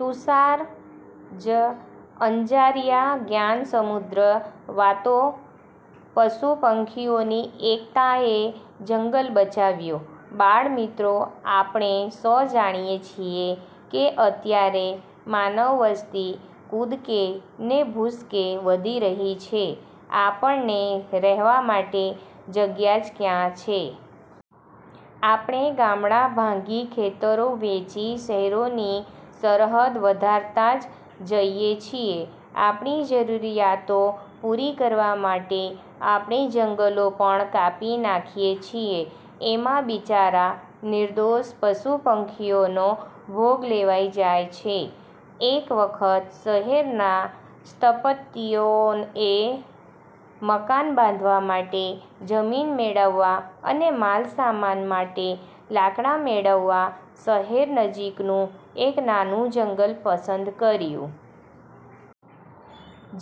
તુષાર જ. અંજારિયા જ્ઞાન સમૃદ્ધ વાતો પશુ-પંખીઓની એકતાએ જંગલ બચાવ્યું! બાળ મિત્રો, આપણે સૌ જાણીએ છીએ કે અત્યારે માનવ વસ્તી કૂદકે ને ભૂસકે વધી રહી છે. આપણને રહેવા માટે જગ્યા જ ક્યાં છે? આપણે ગામડાં ભાંગી, ખેતરો વેંચી શહેરોની સરહદ વધારતા જ જઈએ છીએ. આપણી જરૂરિયાતો પૂરી કરવા માટે આપણે જંગલો પણ કાપી નાખીએ છીએ એમાં બિચારાં નિર્દોષ પશુ-પંખીઓનો ભોગ લેવાઈ જાય છે. એક વખત શહેરના સ્થપતિઓએ મકાન બાંધવા માટે જમીન મેળવવા અને માલ સામાન માટે લાકડાં મેળવવા શહેર નજીકનું એક નાનું જંગલ પસંદ કર્યું.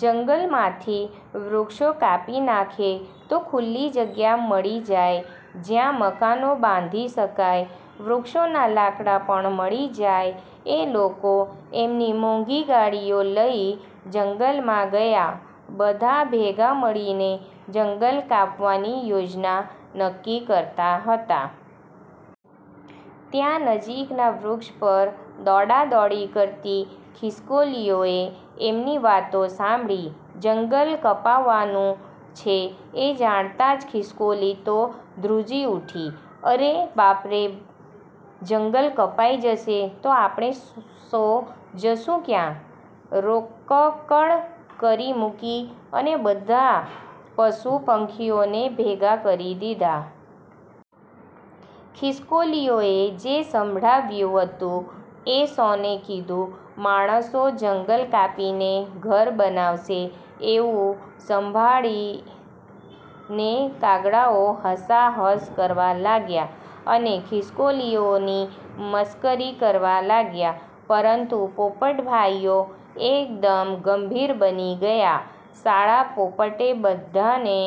જંગલમાંથી વૃક્ષો કાપી નાખે તો ખુલ્લી જગ્યા મળી જાય જયાં મકાનો બાંધી શકાય. વૃક્ષોનાં લાકડાં પણ મળી જાય. એ લોકો એમની મોંઘી ગાડીઓ લઇ જંગલમાં ગયા. બધા ભેગા મળીને જંગલ કાપવાની યોજના નક્કી કરતા હતા. ત્યાં નજીકના વૃક્ષ પર દોડા દોડી કરતી ખિસકોલીઓએ એમની વાતો સાંભળી. જંગલ કપાવાનું છે એ જાણતાં જ ખિસકોલી તો ધ્રુજી ઉઠી. "અરે બાપ રે, જંગલ કપાઈ જશે તો આપણે સૌ જશું ક્યાં? " રોકકળ કરી મૂકી અને બધાં પશુ પંખીઓને ભેગાં કરી દીધાં. ખિસકોલીઓએ જે સાંભળ્યું હતું એ સૌને કીધું. માણસો જંગલ કાપીને ઘર બનાવશે એવું સાંભળીને કાગડાઓ હસા હસ કરવા લાગ્યા અને ખિસકોલીઓની મશ્કરી કરવા લાગ્યા. પરંતુ પોપટભાઈઓ એકદમ ગંભીર બની ગયા. શાણા પોપટે બધાંને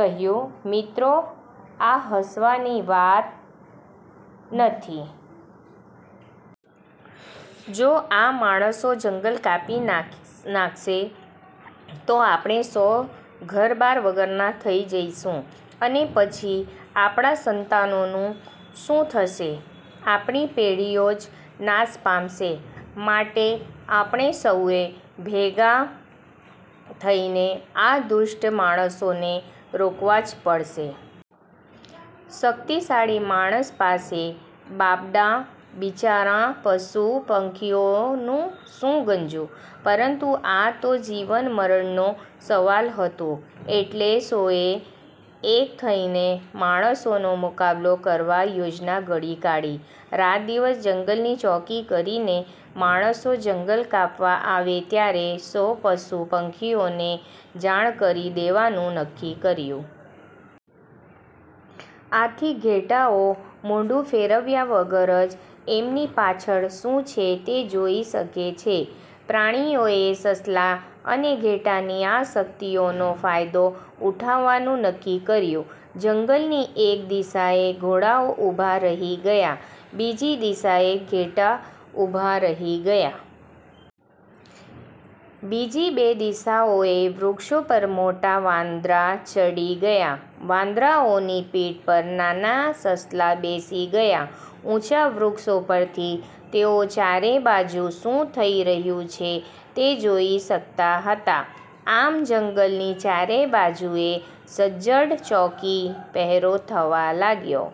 કહ્યું, "મિત્રો, આ હસવાની વાત નથી. જો આ માણસો જંગલ કાપી નાંખશે તો આપણે સૌ ઘરબાર વગરના થઇ જઈશું અને પછી આપણા સંતાનોનું શું થશે? આપણી પેઢીઓ જ નાશ પામશે. માટે આપણે સૌએ ભેગાં થઈને આ દુષ્ટ માણસોને રોકવા જ પડશે. " શક્તિશાળી માણસ પાસે બાપડાં-બિચારાં પશુ પંખીઓનું શું ગજું? પરંતુ આ તો જીવન મરણનો સવાલ હતો એટલે સૌએ એક થઈને માણસોનો મુકાબલો કરવા યોજના ઘડી કાઢી. રાત દિવસ જંગલની ચોકી કરીને, માણસો જંગલ કાપવા આવે ત્યારે સૌ પશુ પંખીઓને જાણ કરી દેવાનું નક્કી કર્યું. આથી ઘેટાંઓ મોઢું ફેરવ્યા વગર જ એમની પાછળ શું છે તે જોઈ શકે છે. પ્રાણીઓએ સસલાં અને ઘેટાંની આ શક્તિઓનો ફાયદો ઉઠાવવાનું નક્કી કર્યું. જંગલની એક દિશાએ ઘોડાઓ ઉભા રહી ગયા. બીજી દિશાએ ઘેટાં ઊભાં રહી ગયાં. બીજી બે દિશાઓએ વૃક્ષો પર મોટા વાંદરા ચડી ગયા. વાંદરાઓની પીઠ પર નાનાં સસલાં બેસી ગયાં. ઊંચા વૃક્ષો પરથી તેઓ ચારે બાજુ શું થઇ રહ્યું છે તે જોઈ શકતા હતા. આમ જંગલની ચારે બાજુએ સજ્જડ ચોકી પહેરો થવા લાગ્યો.